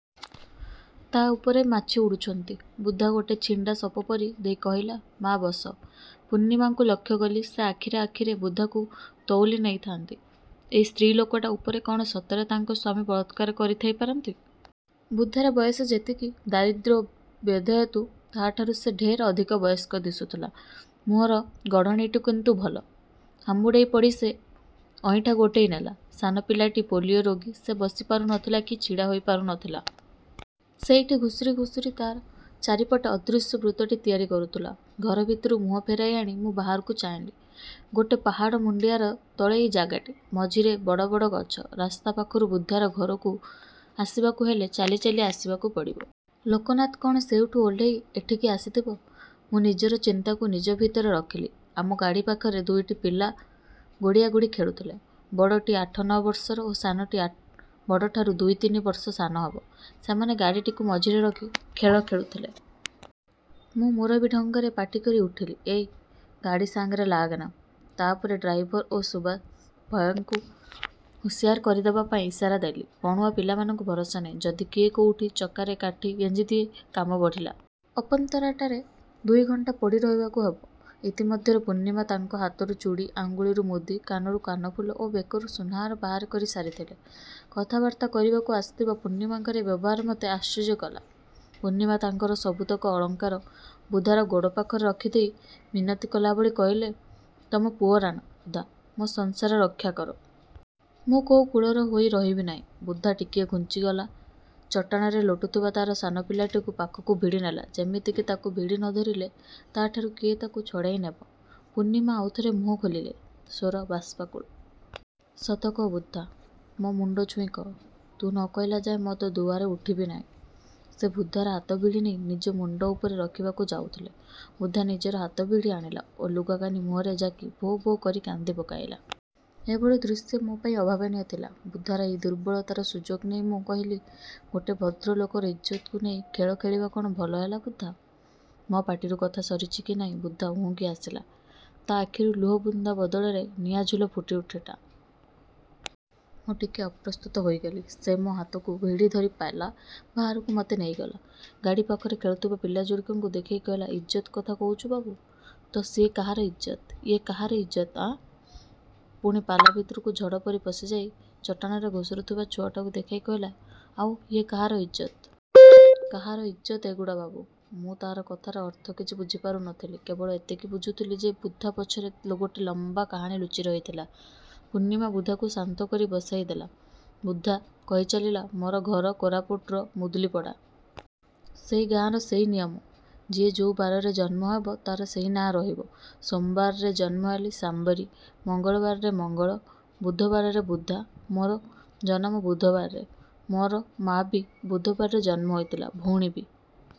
ତା' ଉପରେ ମାଛି ଉଡ଼ୁଛନ୍ତି। ବୁଧା ଗୋଟେ ଛିଣ୍ଡା ଶପ ପାରି ଦେଇ କହିଲା, 'ମା' ବସ।' ପୂର୍ଣ୍ଣିମାଙ୍କୁ ଲକ୍ଷ୍ୟ କଲି। ସେ ଆଖିରେ ଆଖିରେ ବୁଧାକୁ ତଉଲି ନେଉଥାନ୍ତି ଏଇ ସ୍ତ୍ରୀ ଲୋକଟା ଉପରେ କ'ଣ ସତରେ ତାଙ୍କ ସ୍ୱାମୀ ବଳାତ୍କାର କରିଥାଇ ପାରନ୍ତି! ବୁଧାର ବୟସ ଯେତିକି, ଦାରିଦ୍ର୍ୟ ଓ ବ୍ୟାଧି ହେତୁ ତାହାଠାରୁ ସେ ଢେର୍ ଅଧିକ ବୟସ୍କ ଦିଶୁଥିଲା। ମୁହଁର ଗଢ଼ଣଟି କିନ୍ତୁ ଭଲ। ହାମୁଡ଼େଇ ପଡ଼ି ସେ ଅଇଁଠା ଗୋଟେଇ ନେଲା। ସାନ ପିଲାଟି ପୋଲିଓ ରୋଗୀ। ସେ ବସି ପାରୁ ନଥିଲା କି ଛିଡ଼ା ହୋଇ ପାରୁ ନଥିଲା। ସେଇଠି ଘୁଷୁରି ଘୁଷୁରି ତା' ଚାରିପଟେ ଅଦୃଶ୍ୟ ବୃତ୍ତଟେ ତିଆରି କରୁଥିଲା। ଘର ଭିତରୁ ମୁହଁ ଫେରେଇ ଆଣି ମୁଁ ବାହାରକୁ ଚାହିଁଲି। ଗୋଟେ ପାହାଡ଼ ମୁଣ୍ଡିଆର ତଳେ ଏଇ ଜାଗାଟି। ମଝିରେ ବଡ଼ ବଡ଼ ଗଛ। ରାସ୍ତା ପାଖରୁ ବୁଧାର ଘରକୁ ଆସିବାକୁ ହେଲେ ଚାଲି ଚାଲି ଆସିବାକୁ ପଡ଼ିବ। ଲୋକନାଥ କ'ଣ ସେଇଠୁ ଓହ୍ଲେଇ ଏଠିକି ଆସିଥିବ! ମୁଁ ନିଜର ଚିନ୍ତାକୁ ନିଜ ଭିତରେ ରଖିଲି। ଆମ ଗାଡ଼ି ପାଖରେ ଦୁଇଟି ପିଲା ଗୋଡ଼ିଆଗୋଡ଼ି ଖେଳୁଥିଲେ। ବଡ଼ଟି ଆଠ ନଅ ବର୍ଷର ଓ ସାନଟି ବଡ଼ଠାରୁ ଦୁଇ ତିନି ବର୍ଷ ସାନ ହେବ। ସେମାନେ ଗାଡ଼ିଟିକୁ ମଝିରେ ରଖି ଖେଳ ଖେଳୁଥିଲେ। ମୁଁ ମୁରବି ଢଙ୍ଗରେ ପାଟି କରି ଉଠିଲି, "ଏଇ, ଗାଡ଼ି ସାଙ୍ଗରେ ଲାଗନା।" ତା' ପରେ ଡ୍ରାଇଭର ଓ ସୁଭାଷ ଉଭୟଙ୍କୁ ହୁସିଆର କରିଦେବା ପାଇଁ ଇସାରା ଦେଲି। ବଣୁଆ ପିଲାମାନଙ୍କୁ ଭରସା ନାହିଁ, ଯଦି କିଏ କୋଉ ଚକାରେ କାଠି ଗେଞ୍ଜିଦିଏ କାମ ବଢ଼ିଲା। ଅପନ୍ତରାଟାରେ ଦୁଇ ଘଣ୍ଟା ପଡ଼ି ରହିବାକୁ ହେବ। ଇତିମଧ୍ୟରେ ପୂର୍ଣ୍ଣିମା ତାଙ୍କ ହାତରୁ ଚୁଡ଼ି, ଆଙ୍ଗୁଳିରୁ ମୁଦି, କାନରୁ କାନଫୁଲ ଓ ବେକରୁ ସୁନାହାର ବାହାର କରି ସାରିଥିଲେ। କଥାବାର୍ତ୍ତା କରିବାକୁ ଆସିଥିବା ପୂର୍ଣ୍ଣିମାଙ୍କର ଏ ବ୍ୟବହାର ମୋତେ ଆଶ୍ଚର୍ଯ୍ୟ କଲା। ପୂର୍ଣ୍ଣିମା ତାଙ୍କର ସବୁତକ ଅଳଙ୍କାର ବୁଧାର ଗୋଡ଼ ପାଖରେ ରଖିଦେଇ ମିନତି କଲା ଭଳି କହିଲେ, "ତମ ପୁଅ ରାଣ ବୁଧା, ମୋ ସଂସାର ରକ୍ଷା କର। ମୁଁ କୋଉ କୂଳର ହୋଇ ରହିବି ନାହିଁ।" ବୁଧା ଟିକିଏ ଘୁଞ୍ଚିଗଲା। ଚଟାଣରେ ଲୋଟୁଥିବା ତା'ର ସାନ ପିଲାଟାକୁ ପାଖକୁ ଭିଡ଼ି ନେଲା। ଯେମିତିକି ତାକୁ ଭିଡ଼ି ନ ଧରିଲେ ତା'ଠାରୁ କିଏ ତାକୁ ଛଡ଼େଇ ନେବ। ପୂର୍ଣ୍ଣିମା ଆଉ ଥରେ ମୁହଁ ଖୋଲିଲେ। ସ୍ୱର ବାଷ୍ପାକୁଳ। "ସତ କହ ବୁଧା, ମୋ ମୁଣ୍ଡ ଛୁଇଁ କହ। ତୁ ନ କହିଲା ଯାଏ ମୁଁ ତୋ ଦୁଆରୁ ଉଠିବି ନାହିଁ।" ସେ ବୁଧାର ହାତ ଭିଡ଼ି ନେଇ ନିଜ ମୁଣ୍ଡ ଉପରେ ରଖିବାକୁ ଯାଉଥିଲେ ବୁଧା ନିଜର ହାତ ଭିଡ଼ି ଆଣିଲା ଓ ଲୁଗାକାନି ମୁହଁରେ ଜାକି ଭୋ-ଭୋ କରି କାନ୍ଦି ପକେଇଲା। ଏଭଳି ଦୃଶ୍ୟ ମୋ ପାଇଁ ଅଭାବନୀୟ ଥିଲା। ବୁଧାର ଏହି ଦୁର୍ବଳତାର ସୁଯୋଗ ନେଇ ମୁଁ କହିଲି, "ଗୋଟେ ଭଦ୍ରଲୋକର ଇଜ୍ଜତକୁ ନେଇ ଖେଳ ଖେଳିବା କ'ଣ ଭଲ ହେଲା ବୁଧା?" ମୋ ପାଟିରୁ କଥା ସରିଛି କି ନାହିଁ ବୁଧା ଉହୁଙ୍କି ଆସିଲା। ତା' ଆଖିରେ ଲୁହ ବୁନ୍ଦା ବଦଳରେ ନିଆଁଝୁଲ ଫୁଟି ଉଠିଲା। ମୁଁ ଟିକେ ଅପ୍ରସ୍ତୁତ ହୋଇଗଲି। ସେ ମୋ ହାତକୁ ଭିଡ଼ି ଧରି ପାଲା ବାହାରକୁ ମୋତେ ନେଇଗଲା। ଗାଡ଼ି ପାଖରେ ଖେଳୁଥିବା ପିଲା ଯୋଡ଼ିକଙ୍କୁ ଦେଖେଇ କହିଲା, "ଇଜ୍ଜତ କଥା କହୁଛୁ ବାବୁ, ତ ସିଏ କାହାର ଇଜ୍ଜତ, ଇଏ କାହାର ଇଜ୍ଜତ ଆଁ?" ପୁଣି ପାଲା ଭିତରକୁ ଝଡ଼ ପରି ପଶି ଯାଇ ଚଟାଣରେ ଘୁଷୁରୁଥିବା ଛୁଆଟାକୁ ଦେଖେଇ କହିଲା, "ଆଉ, ଇଏ କାହାର ଇଜ୍ଜତ? କାହାର ଇଜ୍ଜତ ଏଗୁଡ଼ା ବାବୁ?" ମୁଁ ତା' କଥାର ଅର୍ଥ କିଛି ବୁଝି ପାରୁ ନଥିଲି। କେବଳ ଏତିକି ବୁଝୁଥିଲି ଯେ ବୁଧା ପଛରେ ଗୋଟେ ଲମ୍ବା କାହାଣୀ ଲୁଚି ରହିଥିଲା। ପୂର୍ଣ୍ଣିମା ବୁଧାକୁ ଶାନ୍ତ କରି ବସେଇ ଦେଲେ। ବୁଧା କହି ଚାଲିଲା "ମୋର ଘର କୋରାପୁଟର ମୁଦୁଲିପଡ଼ା। ସେଇ ଗାଁର ସେଇ ନିୟମ। ଯିଏ ଯୋଉ ବାରରେ ଜନମ ହେବ ତା'ର ନାଁ ସେଇଆ ରହିବ। ସୋମବାରରେ ଜନମ ହେଲେ ସମ୍ବାରୀ, ମଙ୍ଗଳବାରରେ ମଙ୍ଗଲ, ବୁଧବାରରେ ବୁଧା। ମୋର ଜନମ ବୁଧବାରରେ। ମୋର ମା' ବି ବୁଧବାରରେ ଜନମ ହୋଇଥିଲା, ଭଉଣୀ ବି।"